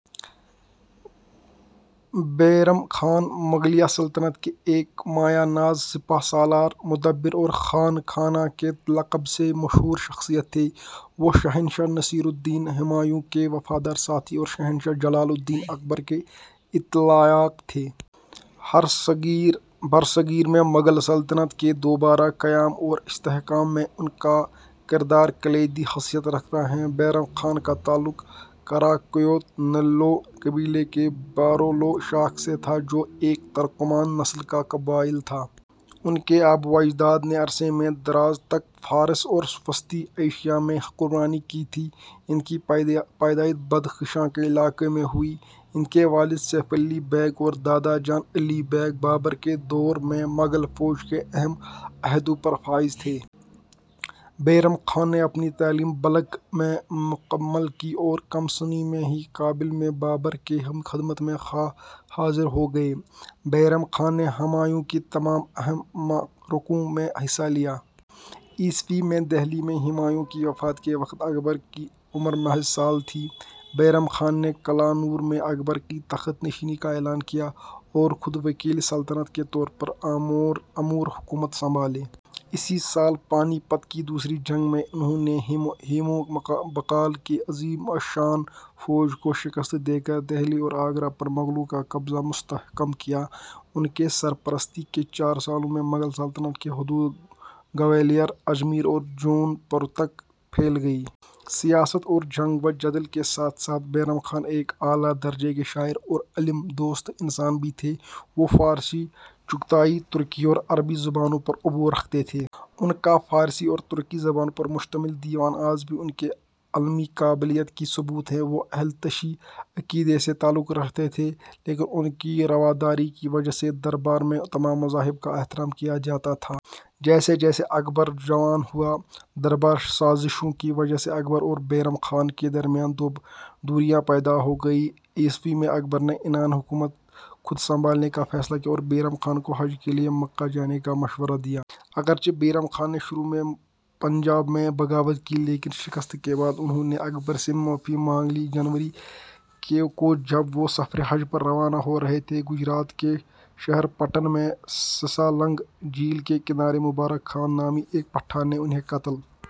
بیرم خان مغلیہ سلطنت کے ایک مایہ ناز سپہ سالار ، مدبر اور خانِ خاناں کے لقب سے مشہور شخصیت تھے۔ وہ شہنشاہ نصیر الدین ہمایوں کے وفادار ساتھی اور شہنشاہ جلال الدین اکبر کے اتالیق تھے۔ برصغیر میں مغل سلطنت کے دوبارہ قیام اور استحکام میں ان کا کردار کلیدی حیثیت رکھتا ہے۔ بیرم خان کا تعلق قرا قویونلو قبیلے کی بہارلو شاخ سے تھا، جو ایک ترکمان نسل کا قبیلہ تھا۔ ان کے آبا و اجداد نے عرصہ دراز تک فارس اور وسطی ایشیا میں حکمرانی کی تھی۔ ان کی پیدائش بدخشان کے علاقے میں ہوئی۔ ان کے والد سیف علی بیگ اور دادا جان علی بیگ بابر کے دور میں مغل فوج کے اہم عہدوں پر فائز تھے۔ بیرم خان نے اپنی تعلیم بلخ میں مکمل کی اور کم سنی میں ہی کابل میں بابر کی خدمت میں حاضر ہو گئے۔ بیرم خان نے ہمایوں کے تمام اہم معرکوں میں حصہ لیا۔ ء میں دہلی میں ہمایوں کی وفات کے وقت اکبر کی عمر محض سال تھی۔ بیرم خان نے کلانور میں اکبر کی تخت نشینی کا اعلان کیا اور خود وکیل السلطنت کے طور پر امورِ حکومت سنبھالے۔ اسی سال پانی پت کی دوسری جنگ میں انھوں نے ہیمو بقال کی عظیم الشان فوج کو شکست دے کر دہلی اور آگرہ پر مغلوں کا قبضہ مستحکم کیا۔ ان کی سرپرستی کے چار سالوں میں مغل سلطنت کی حدود گوالیار ، اجمیر اور جون پور تک پھیل گئیں۔ سیاست اور جنگ و جدل کے ساتھ ساتھ بیرم خان ایک اعلیٰ درجے کے شاعر اور علم دوست انسان بھی تھے۔ وہ فارسی ، چغتائی ترکی اور عربی زبانوں پر عبور رکھتے تھے۔ ان کا فارسی اور ترکی زبانوں پر مشتمل دیوان آج بھی ان کی علمی قابلیت کا ثبوت ہے۔ وہ اہل تشیع عقیدے سے تعلق رکھتے تھے لیکن ان کی رواداری کی وجہ سے دربار میں تمام مذاہب کا احترام کیا جاتا تھا۔ جیسے جیسے اکبر جوان ہوا، درباری سازشوں کی وجہ سے اکبر اور بیرم خان کے درمیان دوریاں پیدا ہو گئیں۔ ء میں اکبر نے عنانِ حکومت خود سنبھالنے کا فیصلہ کیا اور بیرم خان کو حج کے لیے مکہ جانے کا مشورہ دیا۔ اگرچہ بیرم خان نے شروع میں پنجاب میں بغاوت کی، لیکن شکست کے بعد انھوں نے اکبر سے معافی مانگ لی۔ جنوری ء کو جب وہ سفرِ حج پر روانہ ہو رہے تھے، گجرات کے شہر پٹن میں "سہسہ لنگ" جھیل کے کنارے مبارک خان نامی ایک پٹھان نے انھیں قتل کر دیا۔